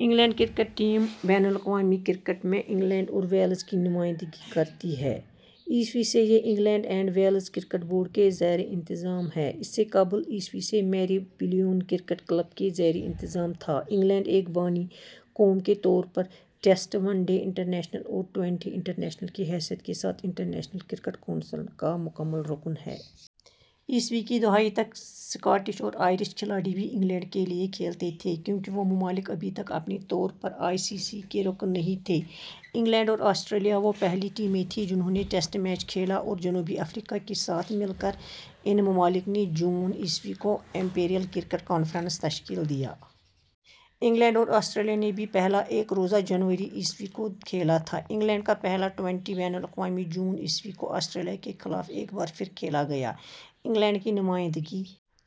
England cricket team بین الاقوامی cricket میں انگلینڈ اور ویلز کی نمائندگی کرتی ہے۔ ء سے، یہ England and Wales Cricket Board کے زیر انتظام ہے، اس سے قبل ء سے میریلیبون کرکٹ کلب کے زیر انتظام تھا انگلینڈ، ایک بانی قوم کے طور پر، ٹیسٹ ، ون ڈے انٹرنیشنل اور ٹوئنٹی انٹرنیشنل کی حیثیت کے ساتھ انٹرنیشنل کرکٹ کونسل کا مکمل رکن ہے۔ ء کی دہائی تک سکاٹش اور آئرش کھلاڑی بھی انگلینڈ کے لیے کھیلتے تھے کیونکہ وہ ممالک ابھی تک اپنے طور پر آئی سی سی کے رکن نہیں تھے۔ انگلینڈ اور آسٹریلیا وہ پہلی ٹیمیں تھیں جنھوں نے ٹیسٹ میچ کھیلا اور جنوبی افریقہ کے ساتھ مل کر، ان ممالک نے جون ء کو امپیریل کرکٹ کانفرنس تشکیل دیا۔ انگلینڈ اور آسٹریلیا نے بھی پہلا ایک روزہ جنوری ء کو کھیلا تھا۔ انگلینڈ کا پہلا ٹوئنٹی بین الاقوامی جون ء کو آسٹریلیا کے خلاف ایک بار پھر کھیلا گیا۔ انگلینڈ کی نمائندگی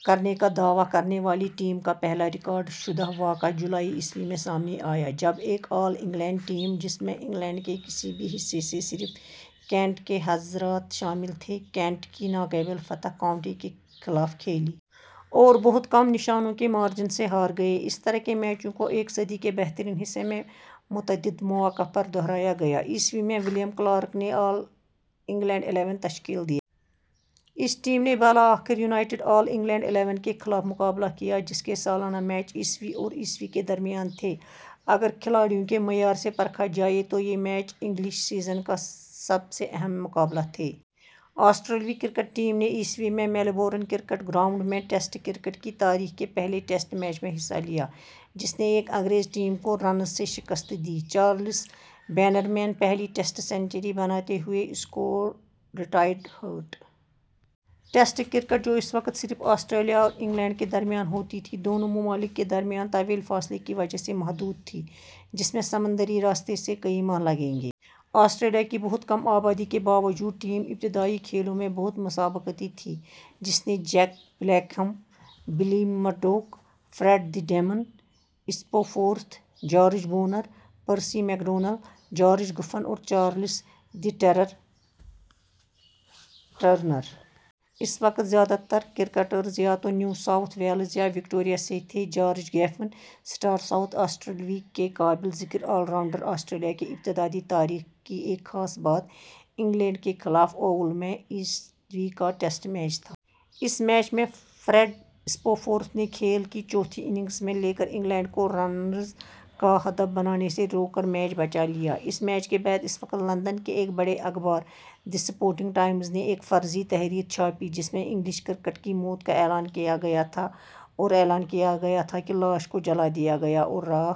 کرنے کا دعویٰ کرنے والی ٹیم کا پہلا ریکارڈ شدہ واقعہ جولائی ء میں سامنے آیا جب ایک "آل انگلینڈ" ٹیم، جس میں انگلینڈ کے کسی بھی حصے سے صرف کینٹ کے حضرات شامل تھے، کینٹ کی "ناقابل فتح کاؤنٹی" کے خلاف کھیلی۔ اور "بہت کم نشانوں" کے مارجن سے ہار گئے۔ اس طرح کے میچوں کو ایک صدی کے بہترین حصے میں متعدد مواقع پر دہرایا گیا۔ ء میں ولیم کلارک نے آل انگلینڈ الیون تشکیل دیا۔ اس ٹیم نے بالآخر یونائیٹڈ آل انگلینڈ الیون کے خلاف مقابلہ کیا جس کے سالانہ میچ ء اور ء کے درمیان تھے۔ اگر کھلاڑیوں کے معیار سے پرکھا جائے تو یہ میچ انگلش سیزن کا سب سے اہم مقابلہ تھے۔ آسٹریلوی کرکٹ ٹیم نے ء میں میلبورن کرکٹ گراؤنڈ میں ٹیسٹ کرکٹ کی تاریخ کے پہلے ٹیسٹ میچ میں حصہ لیا، جس نے ایک انگریز ٹیم کو رنز سے شکست دی، چارلس بینرمین پہلی ٹیسٹ سنچری بناتے ہوئے، score retired hurt. Test cricket, جو اس وقت صرف آسٹریلیا اور انگلینڈ کے درمیان ہوتی تھی، دونوں ممالک کے درمیان طویل فاصلے کی وجہ سے محدود تھی، جس میں سمندری راستے سے کئی ماہ لگیں گے۔ آسٹریلیا کی بہت کم آبادی کے باوجود، ٹیم ابتدائی کھیلوں میں بہت مسابقتی تھی، جس نے Jack Blackham, Billy Murdoch, Fred "the Demon" Spofforth, George Bonnor, Percy McDonnell, George Giffen اور چارلس "دی ٹیرر" ٹرنر۔ اس وقت زیادہ تر کرکٹرز یا تو نیو ساؤتھ ویلز یا وکٹوریہ سے تھے، جارج گیفن، اسٹار ساؤتھ آسٹریلوی کے قابل ذکر آل راؤنڈر. آسٹریلیا کی ابتدائی تاریخ کی ایک خاص بات انگلینڈ کے خلاف اوول میں ء کا ٹیسٹ میچ تھا۔ اس میچ میں فریڈ اسپوفورتھ نے کھیل کی چوتھی اننگز میں / لے کر انگلینڈ کو رنز کا ہدف بنانے سے روک کر میچ بچا لیا۔ اس میچ کے بعد اس وقت لندن کے ایک بڑے اخبار دی سپورٹنگ ٹائمز نے ایک فرضی تحریر چھاپی جس میں انگلش کرکٹ کی موت کا اعلان کیا گیا تھا اور اعلان کیا گیا تھا کہ لاش کو جلا دیا گیا اور راکھ۔